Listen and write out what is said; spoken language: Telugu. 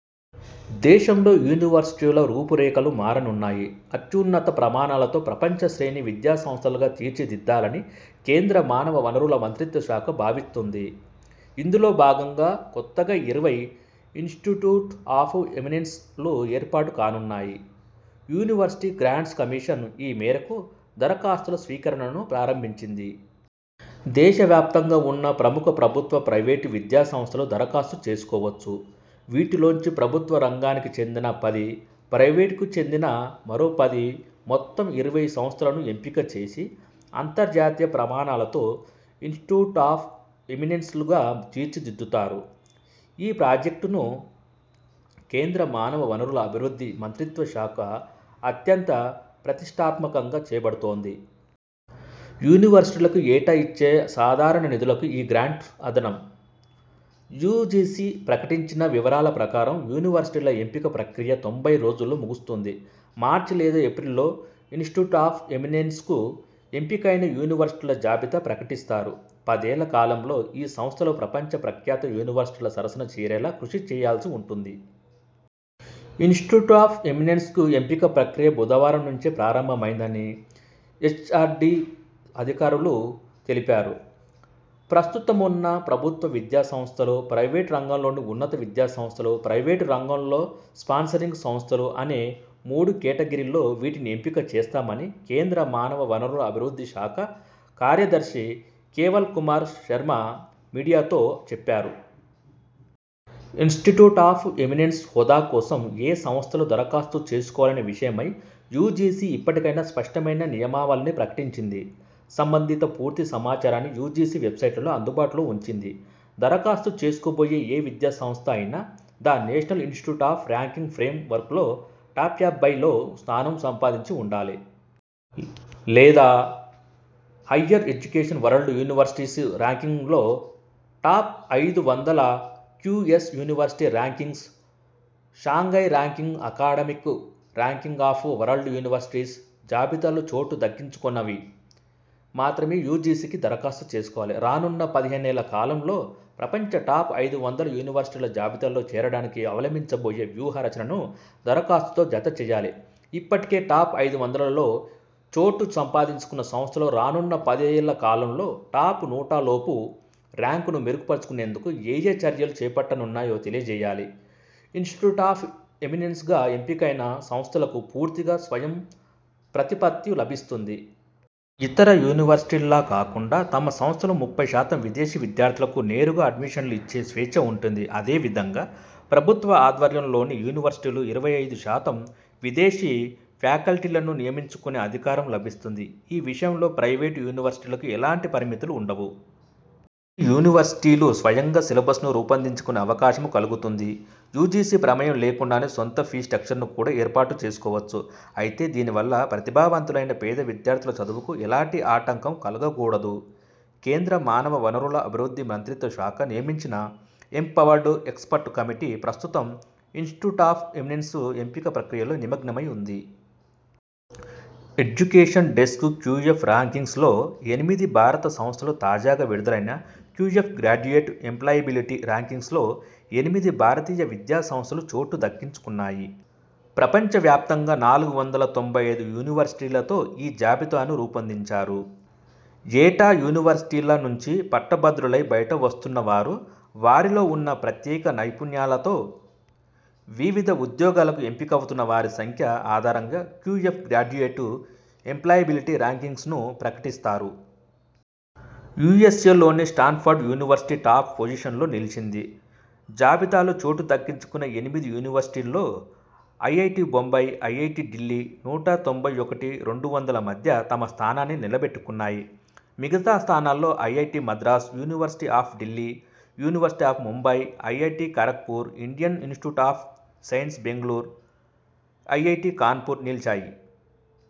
దేశంలో యూనివర్సిటీల రూపురేఖలు మారనున్నాయి. అత్యున్నత ప్రమాణాలతో ప్రపంచ శ్రేణి విద్యాసంస్థలుగా తీర్చి దిద్దాలని కేంద్ర మానవ వనరుల మంత్రిత్వ శాఖ భావిత్తుంది. ఇందులో భాగంగా కొత్తగా ఇరవై 'ఇన్స్టిట్యూట్ ఆఫ్ ఎమినెన్స్'లు ఏర్పాటు కానున్నాయి. యూనివర్శిటీ గ్రాంట్స్ కమిషన్ ఈ మేరకు దరఖాస్తుల స్వీకరణను ప్రారంభించింది. దేశవ్యాప్తంగా ఉన్న ప్రముఖ ప్రభుత్వ, ప్రైవేటు విద్యా సంస్థలు దరఖాస్తు చేసుకోవచ్చు. వీటిల్లోంచి ప్రభుత్వ రంగానికి చెందిన పది, ప్రైవేటుకు చెందిన మరో పది మొత్తం ఇరవై సంస్థలను ఎంపిక చేసి అంతర్జాతీయ ప్రమాణాలతో 'ఇన్స్టిట్యూట్ ఆఫ్ ఎమినెన్స్'లుగా తీర్చిదిద్దుతారు. ఈ ప్రాజెక్టును కేంద్ర మానవ వనరుల అభివృద్ధి మంత్రిత్వ శాఖ అత్యంత ప్రతిష్ఠాత్మకంగా చేబడుతోంది. యూనివర్సిటీలకు ఏటా ఇచ్చే సాధారణ నిధులకు ఈ గ్రాంట్స్ అదనం. యూజీసీ ప్రకటించిన వివరాల ప్రకారం యూనివర్సిటీల ఎంపిక ప్రక్రియ తొంభై రోజుల్లో ముగుస్తుంది. మార్చి లేదా ఏప్రిల్లో 'ఇన్స్టిట్యూట్ ఆఫ్ ఎమినెన్స్'కు ఎంపికైన యూనివర్సిటీల జాబితా ప్రకటిస్తారు. పదేళ్ల కాలంలో ఈ సంస్థలు ప్రపంచ ప్రఖ్యాత యూనివర్సిటీల సరసన చేరేలా కృషి చేయాల్సి ఉంటుంది. 'ఇన్స్టిట్యూట్ ఆఫ్ ఎమినెన్స్' ఎంపిక ప్రక్రియ బుధవారం నుంచే ప్రారంభమైందని హెచ్ఆర్డీ అధికారులు తెలిపారు. ప్రస్తుతమున్న ప్రభుత్వ విద్యా సంస్థలు, ప్రైవేట్ రంగంలోని ఉన్నత విద్యా సంస్థలు, ప్రైవేటు రంగంలో స్పాన్సరింగ్ సంస్థలు అనే మూడు కేటగిరీల్లో వీటిని ఎంపిక చేస్తామని కేంద్ర మానవ వనరుల అభివృద్ధి శాఖ కార్యదర్శి కేవల్ కుమార్ శర్మ మీడియాతో చెప్పారు. 'ఇన్స్టిట్యూట్ ఆఫ్ ఎమినెన్స్' హోదా కోసం ఏయే సంస్థలు దరఖాస్తు చేసుకోవాలనే విషయమై యూజీసీ ఇప్పటికైనా స్పష్టమైన నియమావళిని ప్రకటించింది. సంబంధిత పూర్తి సమాచారాన్ని యూజీసీ వెబ్సైట్లలో అందుబాటులో ఉంచింది. దరఖాస్తు చేసుకోబోయే ఏ విద్యా సంస్థ అయినా the national institute of ranking frame వర్క్లో టాప్యాభైలో స్థానం సంపాదించి ఉండాలి. లేదా హయ్యర్ ఎడ్యుకేషన్ వరల్డ్ యూనివర్సిటీస్ ర్యాంకింగ్లో టాప్ ఐదు వందల, QS university rankings, Shanghai ranking academic ranking of world universities జాబితాలో చోటు దక్కించుకొన్నవి మాత్రమే యూజీసీకి దరఖాస్తు చేసుకోవాలి రానున్న పదిహేనేళ్ల కాలంలో ప్రపంచ టాప్ ఐదు వందల యూనివర్సిటీల జాబితాలో చేరడానికి అవలంబించబోయే వ్యూహ రచనను దరఖాస్తుతో జత చేయాలి ఇప్పటికే టాప్ ఐదు వందలలో చోటు సంపాదించుకొన్న సంస్థలు రానున్న పదేళ్ల కాలంలో టాప్ నూటలోపు ర్యాంకును మెరుగుపరచుకొనేందుకు ఏయే చర్యలు చేపట్టనున్నాయో తెలియజేయాలి 'ఇన్స్టిట్యూట్ ఆఫ్ ఎమినెన్స్'గా ఎంపికైన సంస్థలకు పూర్తిగా స్వయం ప్రతిపత్తి లభిస్తుంది. ఇతర యూనివర్సిటీల్లా కాకుండా తమ సంస్థలో ముప్పై శాతం విదేశీ విద్యార్థులకు నేరుగా అడ్మిషన్లు ఇచ్చే స్వేచ్ఛ ఉంటుంది అదేవిధంగా ప్రభుత్వ ఆధ్వర్యంలోని యూనివర్సిటీలు ఇరవై ఐదు శాతం విదేశీ ఫ్యాకల్టీలను నియమించుకొనే అధికారం లభిస్తుంది. ఈ విషయంలో ప్రైవేటు యూనివర్సిటీలకు ఎలాంటి పరిమితులు ఉండవు. ఈ యూనివర్సిటీలు స్వయంగా సిలబ్సను రూపొందించుకొనే అవకాశమూ కలుగుతుంది. యూజీసీ ప్రమేయం లేకుండానే సొంత ఫీ స్ట్రక్చర్ను కూడా ఏర్పాటు చేసుకోవచ్చు. అయితే దీనివల్ల ప్రతిభావంతులైన పేద విద్యార్థుల చదువుకు ఎలాంటి ఆటంకం కలగకూడదు. కేంద్ర మానవ వనరుల అభివృద్ధి మంత్రిత్వ శాఖ నియమించిన ఎంపవర్డ్ ఎక్స్పర్ట్ కమిటీ ప్రస్తుతం 'ఇన్స్టిట్యూట్ ఆఫ్ ఎమినెన్స్' ఎంపిక ప్రక్రియలో నిమగ్నమై ఉంది. ఎడ్యుకేషన్ డెస్క్ క్యూఎఫ్ ర్యాంక్సింగ్స్లో ఎనిమిది భారత సంస్థలు తాజాగా విడుదలైన క్యూఎప్ గ్రాడ్యుయేట్ ఎంప్లాయిబిలిటీ ర్యాంకింగ్స్లో ఎనిమిది భారతీయ విద్యా సంస్థలు చోటు దక్కించుకొన్నాయి. ప్రపంచ వ్యాప్తంగా నాలుగు వందల తొంభై ఐదు యూనివర్సిటీలతో ఈ జాబితాను రూపొందించారు. ఏటా యూనివర్సిటీల నుంచి పట్ట భద్రులై బయట వస్తున్న వారు, వారిలో ఉన్న ప్రత్యేక నైపుణ్యాలతో వివిధ ఉద్యోగాలకు ఎంపికవుతున్న వారి సంఖ్య ఆధారంగా క్యూఎఫ్ గ్రాడ్యుయేట్ ఎంప్లాయిబిలిటీ ర్యాంక్సింగ్స్ను ప్రకటిస్తారు. యూఎ్సఏలోని స్టాన్ఫోర్డ్ యూనివర్సిటీ టాప్ పొజిషన్లో నిలిచింది. జాబితాలో చోటు దక్కించుకొన్న ఎనిమిది యూనివర్సిటీల్లో ఐఐటీ బొంబాయి, ఐఐటీ ఢిల్లీ నూట తొంభై ఒకటి రెండు వందల మధ్య తమ స్థానాన్ని నిలబెట్టుకున్నాయి. మిగతా స్థానాల్లో IIT Madras, university of Delhi, university of Mumbai, IIT Kharagpur, Indian institute of science Bengaluru, IIT Kanpur నిలిచాయి.